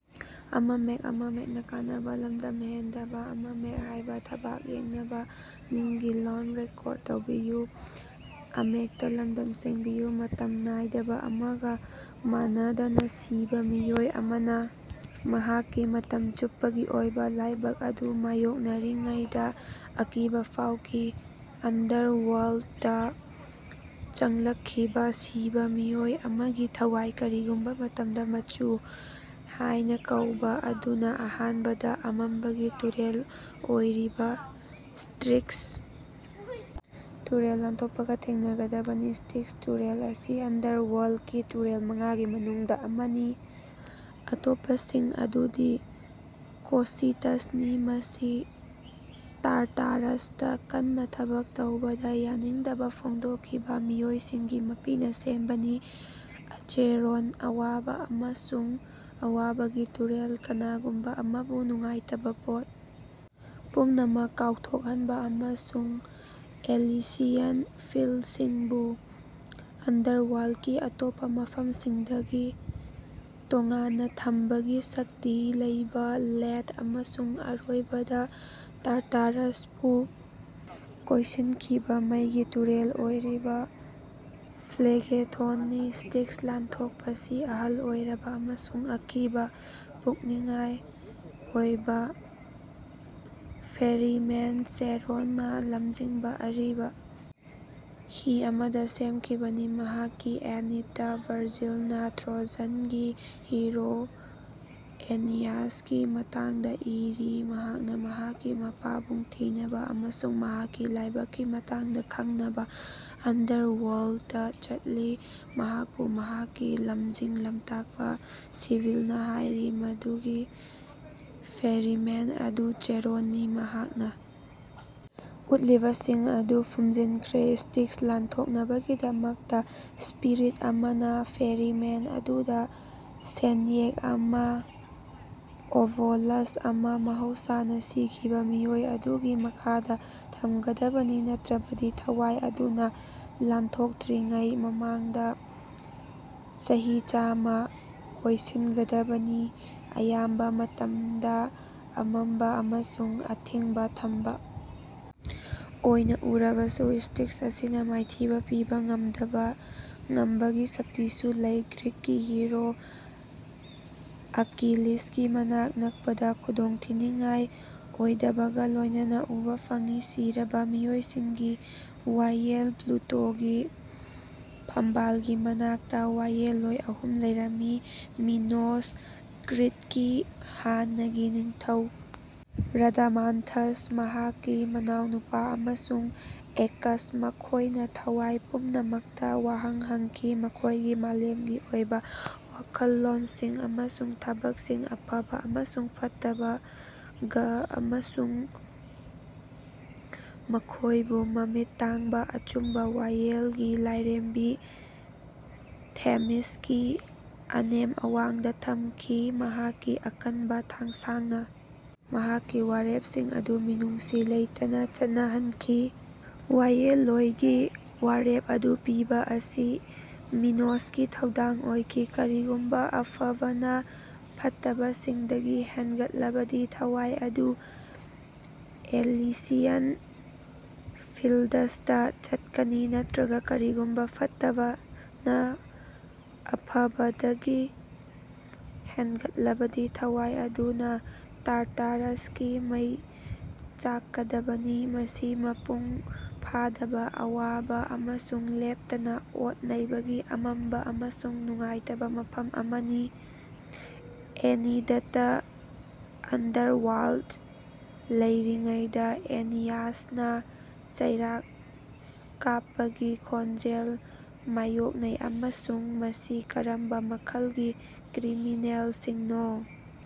ꯃꯇꯝ ꯅꯥꯏꯗꯕ ꯑꯃꯒ ꯃꯥꯟꯅꯗꯅ ꯁꯤꯕ ꯃꯤꯑꯣꯏ ꯑꯃꯅ ꯃꯍꯥꯛꯀꯤ ꯃꯇꯝ ꯆꯨꯞꯄꯒꯤ ꯑꯣꯏꯕ ꯂꯥꯏꯕꯛ ꯑꯗꯨ ꯃꯥꯌꯣꯛꯅꯔꯤꯉꯩꯗ ꯑꯀꯤꯕ ꯐꯥꯎꯈꯤ꯫ ꯑꯟꯗꯔꯋꯥꯔꯜ꯭ꯗꯇ ꯆꯪꯂꯛꯈꯤꯕ ꯁꯤꯕ ꯃꯤꯑꯣꯏ ꯑꯃꯒꯤ ꯊꯋꯥꯏ ꯀꯔꯤꯒꯨꯝꯕ ꯃꯇꯝꯗ ꯃꯆꯨ ꯍꯥꯏꯅ ꯀꯧꯕ ꯑꯗꯨꯅ ꯑꯍꯥꯟꯕꯗ ꯑꯃꯝꯕꯒꯤ ꯇꯨꯔꯦꯜ ꯑꯣꯏꯔꯤꯕ ꯁ꯭ꯇꯤꯛꯁ ꯇꯨꯔꯦꯜ ꯂꯥꯟꯊꯣꯛꯄꯒ ꯊꯦꯡꯅꯒꯗꯕꯅꯤ꯫ ꯁ꯭ꯇꯤꯛꯁ ꯇꯨꯔꯦꯜ ꯑꯁꯤ ꯑꯟꯗꯔꯋꯥꯔꯜꯗꯀꯤ ꯇꯨꯔꯦꯜ ꯃꯉꯥꯒꯤ ꯃꯅꯨꯡꯗ ꯑꯃꯅꯤ ꯑꯇꯣꯞꯄꯁꯤꯡ ꯑꯗꯨꯗꯤ ꯀꯣꯁꯤꯇꯁꯅꯤ ꯃꯁꯤ ꯇꯥꯔꯇꯥꯔꯁꯇ ꯀꯟꯅ ꯊꯕꯛ ꯇꯧꯕꯗ ꯌꯥꯅꯤꯡꯗꯕ ꯐꯣꯡꯗꯣꯛꯈꯤꯕ ꯃꯤꯑꯣꯏꯁꯤꯡꯒꯤ ꯃꯄꯤꯅ ꯁꯦꯝꯕꯅꯤ ꯑꯆꯦꯔꯣꯟ ꯑꯋꯥꯕ ꯑꯃꯁꯨꯡ ꯑꯋꯥꯕꯒꯤ ꯇꯨꯔꯦꯜ ꯀꯅꯥꯒꯨꯝꯕ ꯑꯃꯕꯨ ꯅꯨꯡꯉꯥꯏꯇꯕ ꯄꯣꯠ ꯄꯨꯝꯅꯃꯛ ꯀꯥꯎꯊꯣꯛꯍꯟꯕ ꯑꯃꯁꯨꯡ ꯑꯦꯂꯤꯁꯤꯌꯟ ꯐꯤꯜꯗꯁꯤꯡꯕꯨ ꯑꯟꯗꯔꯋꯥꯔꯜꯗꯀꯤ ꯑꯇꯣꯞꯄ ꯃꯐꯝꯁꯤꯡꯗꯒꯤ ꯇꯣꯉꯥꯟꯅ ꯊꯝꯕꯒꯤ ꯁꯛꯇꯤ ꯂꯩꯕ ꯂꯦꯊ ꯑꯃꯁꯨꯡ ꯑꯔꯣꯏꯕꯗ ꯇꯥꯔꯇꯥꯔꯁꯄꯨ ꯀꯣꯏꯁꯤꯟꯈꯤꯕ ꯃꯩꯒꯤ ꯇꯨꯔꯦꯜ ꯑꯣꯏꯔꯤꯕ ꯐ꯭ꯂꯦꯒꯦꯊꯣꯟꯅꯤ꯫ ꯁ꯭ꯇꯤꯛꯁ ꯂꯥꯟꯊꯣꯛꯄꯁꯤ ꯑꯍꯜ ꯑꯣꯏꯔꯕ ꯑꯃꯁꯨꯡ ꯑꯀꯤꯕ ꯄꯣꯛꯅꯤꯡꯉꯥꯏ ꯑꯣꯏꯕ ꯐꯦꯔꯤꯃꯦꯟ ꯆꯦꯔꯣꯟꯅ ꯂꯝꯖꯤꯡꯕ ꯑꯔꯤꯕ ꯍꯤ ꯑꯃꯗ ꯁꯦꯝꯈꯤꯕꯅꯤ꯫ ꯃꯍꯥꯛꯀꯤ ꯑꯦꯅꯤꯗꯇ ꯚꯔꯖꯤꯜꯅ ꯇ꯭ꯔꯣꯖꯟꯒꯤ ꯍꯤꯔꯣ ꯑꯦꯅꯤꯌꯥꯁꯀꯤ ꯃꯇꯥꯡꯗ ꯏꯔꯤ ꯃꯍꯥꯛꯅ ꯃꯍꯥꯛꯀꯤ ꯃꯄꯥꯕꯨꯡ ꯊꯤꯅꯕ ꯑꯃꯁꯨꯡ ꯃꯍꯥꯛꯀꯤ ꯂꯥꯏꯕꯛꯀꯤ ꯃꯇꯥꯡꯗ ꯈꯪꯅꯕ ꯑꯟꯗꯔꯋꯥꯔꯜꯗꯇ ꯆꯠꯂꯤ꯫ ꯃꯍꯥꯛꯄꯨ ꯃꯍꯥꯛꯀꯤ ꯂꯝꯖꯤꯡ ꯂꯝꯇꯥꯛꯄ ꯁꯤꯕꯤꯜꯅ ꯍꯥꯏꯔꯤ ꯃꯗꯨꯒꯤ ꯐꯦꯔꯤꯃꯦꯟ ꯑꯗꯨ ꯆꯦꯔꯣꯟꯅꯤ ꯃꯍꯥꯛꯅ ꯎꯠꯂꯤꯕꯁꯤꯡ ꯑꯗꯨ ꯐꯨꯝꯖꯤꯟꯈ꯭ꯔꯦ꯫ ꯁ꯭ꯇꯤꯛꯁ ꯂꯥꯟꯊꯣꯛꯅꯕꯒꯤꯗꯃꯛꯇ ꯁ꯭ꯄꯤꯔꯤꯠ ꯑꯃꯅ ꯐꯦꯔꯤꯃꯦꯟ ꯑꯗꯨꯗ ꯁꯦꯟꯌꯦꯛ ꯑꯃ ꯑꯣꯕꯣꯂꯁ ꯑꯃ ꯃꯍꯧꯁꯥꯅ ꯁꯤꯈꯤꯕ ꯃꯤꯑꯣꯏ ꯑꯗꯨꯒꯤ ꯃꯈꯥꯗ ꯊꯝꯒꯗꯕꯅꯤ꯫ ꯅꯠꯇ꯭ꯔꯕꯗꯤ ꯊꯋꯥꯏ ꯑꯗꯨꯅ ꯂꯥꯟꯊꯣꯛꯇ꯭ꯔꯤꯉꯩ ꯃꯃꯥꯡꯗ ꯆꯍꯤ ꯆꯥꯝꯃ ꯀꯣꯏꯁꯤꯟꯒꯗꯕꯅꯤ꯫ ꯑꯌꯥꯝꯕ ꯃꯇꯝꯗ ꯑꯃꯝꯕ ꯑꯃꯁꯨꯡ ꯑꯊꯤꯡꯕ ꯊꯝꯕ ꯑꯣꯏꯅ ꯎꯔꯕꯁꯨ ꯁ꯭ꯇꯤꯛꯁ ꯑꯁꯤꯅ ꯃꯥꯏꯊꯤꯕ ꯄꯤꯕ ꯉꯝꯗꯕ ꯉꯝꯕꯒꯤ ꯁꯛꯇꯤꯁꯨ ꯂꯩ ꯒ꯭ꯔꯤꯛꯀꯤ ꯍꯤꯔꯣ ꯑꯀꯤꯂꯤꯁꯀꯤ ꯃꯅꯥꯛ ꯅꯛꯄꯗ ꯈꯨꯗꯣꯡꯊꯤꯅꯤꯡꯉꯥꯏ ꯑꯣꯏꯗꯕꯒ ꯂꯣꯏꯅꯅ ꯎꯕ ꯐꯪꯉꯤ꯫ ꯁꯤꯔꯕ ꯃꯤꯑꯣꯏꯁꯤꯡꯒꯤ ꯋꯥꯌꯦꯜ ꯄ꯭ꯂꯨꯇꯣꯒꯤ ꯐꯝꯕꯥꯜꯒꯤ ꯃꯅꯥꯛꯇ ꯋꯥꯌꯦꯜꯂꯣꯏ ꯑꯍꯨꯝ ꯂꯩꯔꯝꯃꯤ ꯃꯤꯅꯣꯁ ꯀ꯭ꯔꯤꯠꯀꯤ ꯍꯥꯟꯅꯒꯤ ꯅꯤꯡꯊꯧ ꯔꯥꯗꯥꯃꯥꯟꯊꯁ ꯃꯍꯥꯛꯀꯤ ꯃꯅꯥꯎꯅꯨꯄꯥ ꯑꯃꯁꯨꯡ ꯑꯦꯀꯁ ꯃꯈꯣꯏꯅ ꯊꯋꯥꯏ ꯄꯨꯝꯅꯃꯛꯇ ꯋꯥꯍꯪ ꯍꯪꯈꯤ ꯃꯈꯣꯏꯒꯤ ꯃꯥꯂꯦꯝꯒꯤ ꯑꯣꯏꯕ ꯋꯥꯈꯜꯂꯣꯟꯁꯤꯡ ꯑꯃꯁꯨꯡ ꯊꯕꯛꯁꯤꯡ ꯑꯐꯕ ꯑꯃꯁꯨꯡ ꯐꯠꯇꯕ, ꯘ ꯑꯃꯁꯨꯡ ꯃꯈꯣꯏꯕꯨ ꯃꯃꯤꯠ ꯇꯥꯡꯕ ꯑꯆꯨꯝꯕ ꯋꯥꯌꯦꯜꯒꯤ ꯂꯥꯏꯔꯦꯝꯕꯤ ꯊꯦꯃꯤꯁꯀꯤ ꯑꯅꯦꯝ ꯑꯋꯥꯡꯗ ꯊꯝꯈꯤ ꯃꯍꯥꯛꯀꯤ ꯑꯀꯟꯕ ꯊꯥꯡꯁꯥꯡꯅ ꯃꯍꯥꯛꯀꯤ ꯋꯥꯔꯦꯞꯁꯤꯡ ꯑꯗꯨ ꯃꯤꯅꯨꯡꯁꯤ ꯂꯩꯇꯅ ꯆꯠꯅꯍꯟꯈꯤ꯫ ꯋꯥꯌꯦꯜꯂꯣꯏꯒꯤ ꯋꯥꯔꯦꯞ ꯑꯗꯨ ꯄꯤꯕ ꯑꯁꯤ ꯃꯤꯅꯣꯁꯀꯤ ꯊꯧꯗꯥꯡ ꯑꯣꯏꯈꯤ꯫ ꯀꯔꯤꯒꯨꯝꯕ ꯑꯐꯕꯅ ꯐꯠꯇꯕꯁꯤꯡꯗꯒꯤ ꯍꯦꯟꯒꯠꯂꯕꯗꯤ ꯊꯋꯥꯏ ꯑꯗꯨ ꯑꯦꯂꯤꯁꯤꯌꯟ ꯐꯤꯜꯗꯁꯇ ꯆꯠꯀꯅꯤ ꯅꯠꯇ꯭ꯔꯒ ꯀꯔꯤꯒꯨꯝꯕ ꯐꯠꯇꯕꯅ ꯑꯐꯕꯗꯒꯤ ꯍꯦꯟꯒꯠꯂꯕꯗꯤ ꯊꯋꯥꯏ ꯑꯗꯨꯅ ꯇꯥꯔꯇꯥꯔꯁꯀꯤ ꯃꯩ ꯆꯥꯛꯀꯗꯕꯅꯤ ꯃꯁꯤ ꯃꯄꯨꯡ ꯐꯥꯗꯕ ꯑꯋꯥꯕ ꯑꯃꯁꯨꯡ ꯂꯦꯞꯇꯅ ꯑꯣꯠ ꯅꯩꯕꯒꯤ ꯑꯃꯝꯕ ꯑꯃꯁꯨꯡ ꯅꯨꯡꯉꯥꯏꯇꯕ ꯃꯐꯝ ꯑꯃꯅꯤ꯫ ꯑꯦꯅꯤꯗꯇ ꯑꯟꯗꯔꯋꯥꯔꯜꯗꯇ ꯂꯩꯔꯤꯉꯩꯗ ꯑꯦꯅꯤꯌꯥꯁꯅ ꯆꯩꯔꯥꯛ ꯀꯥꯞꯄꯒꯤ ꯈꯣꯟꯖꯦꯜ ꯃꯥꯌꯣꯛꯅꯩ ꯑꯃꯁꯨꯡ ꯃꯁꯤ ꯀꯔꯝꯕ ꯃꯈꯜꯒꯤ ꯀ꯭ꯔꯤꯃꯤꯅꯦꯜꯁꯤꯡꯅꯣ?